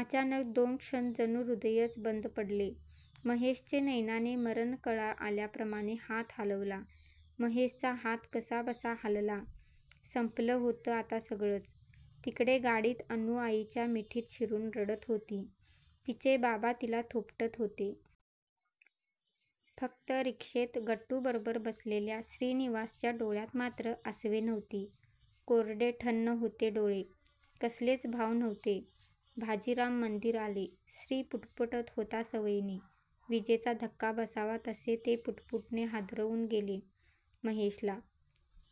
अचानक दोन क्षण जणू हृदयच बंद पडले महेशचे नैनाने मरणकळा आल्याप्रमाणे हात हालवला. महेशचा हात कसाबसा हालला. संपलं होतं आता सगळंच. तिकडे गाडीत अनु आईच्या मिठीत शिरून रडत होती. तिचे बाबा तिला थोपटत होते. फक्त रिक्षेत गट्टूबरोबर बसलेल्या श्रीनिवासच्या डोळ्यात मात्र आसवे नव्हती. कोरडे ठण्ण होते डोळे कसलेच भाव नव्हते. भाजीराम मंदीर आले. श्री पुटपुटत होता सवयीने. विजेचा धक्का बसावा तसे ते पुटपुटणे हादरवून गेले महेशला!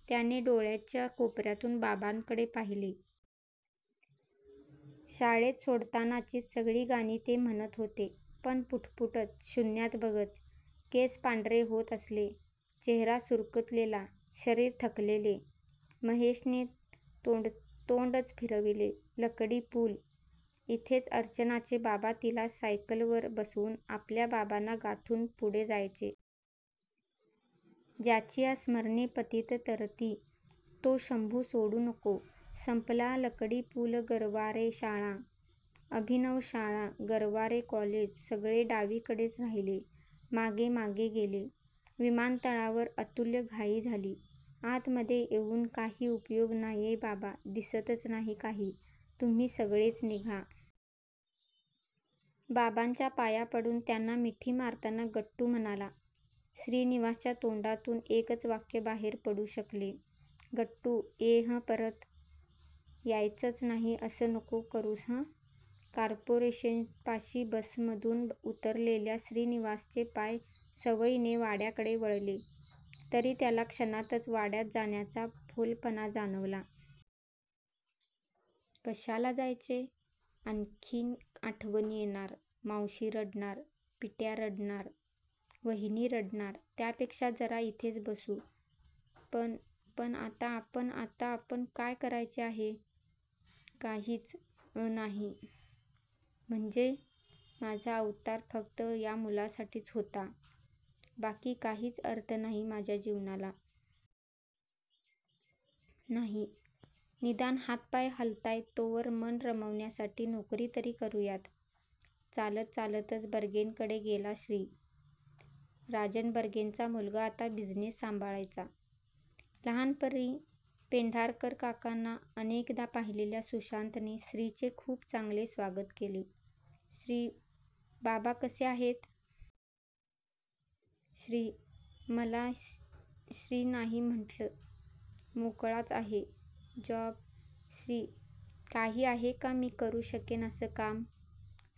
त्याने डोळ्यांच्य कोपर्यातून बाबांकडे पाहिले. शाळेत सोडतानाचीच सगळी गाणी ते म्हणत होते, पण पुटपुटत शुन्यात बघत. केस पांढरे होत असले. चेहरा सुरकुतलेला, शरीर थकलेले. महेशने तोंडच फिरवले. लकडी पूल. इथेच अर्चनाचे बाबा तिला सायकलवर बसवून आपल्या बाबांना गाठून पुढे जायचे. ज्याचीया स्मरणे पतीत तरती तो शंभू सोडू नको. संपला लकडी पूल गरवारे शाळा, अभिनव शाळा, गरवारे कॉलेज सगळे डावीकडेच राहिले. मागे मागे गेले. विमानतळावर अतुल्य घाई झाली. आतमध्ये येऊन काही उपयोग नाहीये बाबा दिसतच नाही काही तुम्ही सगळेच निघा. बाबांच्या पाया पडून त्यांना मिठी मारताना गट्टू म्हणाला. श्रीनिवासच्या तोंडातून एकच वाक्य बाहेर पडू शकले. गट्टू ये हं परत? यायचंच नाही असं नको करूस हं कॉर्पोरेशनपाशी बसमधून उतरलेल्या श्रीनिवासचे पाय सवयीने वाड्याकडे वळले तरी त्याला क्षणातच वाड्यात जाण्याचा फोलपणा जाणवला. कशाला जायचे? आणखीन आठवणी येणार. मावशी रडणार. पिट्या रडणार. वहिनी रडणार. त्यापेक्षा जरा इथेच बसू पण पण आता आपण आता आपण काय करायचे आहे? काहीच अनाही? म्हणजे? माझा अवतार फक्त या मुलासाठीच होता? बाकी काहीच अर्थ नाही माझ्या जीवनाला? नाही. निदान हातपाय हलतायत तोवर मन रमवण्यासाठी नोकरी तरी करूयात. चालत चालतच बर्गेंकडे गेला श्री! राजन बर्गेंचा मुलगा आता बिझिनेस सांभाळायचा! लहानपणी पेंढारकरकाकांना अनेकदा पाहिलेल्या सुशांतने श्रीचे खूप चांगले स्वागत केले. श्री बाबा कसे आहेत? श्री मला श्री नाही म्हंटलं. मोकळाच आहे. जॉब श्री काही आहे का मी करू शकेन असं काम?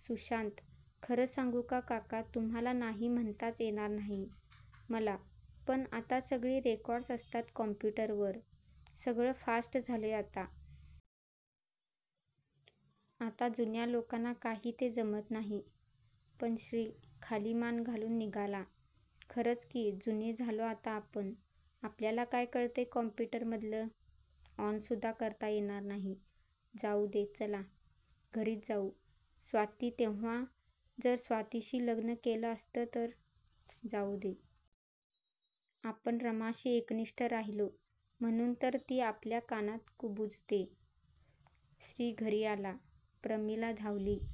सुशांत खरं सांगू का काका तुम्हाला नाही म्हणताच येणार नाही मला पण आता सगळी रेकॉर्ड्स असतात कंप्युटरवर सगळं फास्ट झालंय आता. आता जुन्या लोकांना काही ते जमत नाही. पण श्री खाली मान घालून निघाला. खरंच की जुने झालो आता आपण आपल्याला काय कळतंय काँप्युटरमधलं? ऑनसुद्धा करता येणार नाही. जाउदे चला. घरीच जाऊ. स्वाती तेव्हा जर स्वातीशी लग्नं केलं असतं तर जाउदे. आपण रमाशी एकनिष्ठ राहिलो म्हणून तर ती आपल्या कानात कुबुजते. श्री घरी आला. प्रमिला धावली.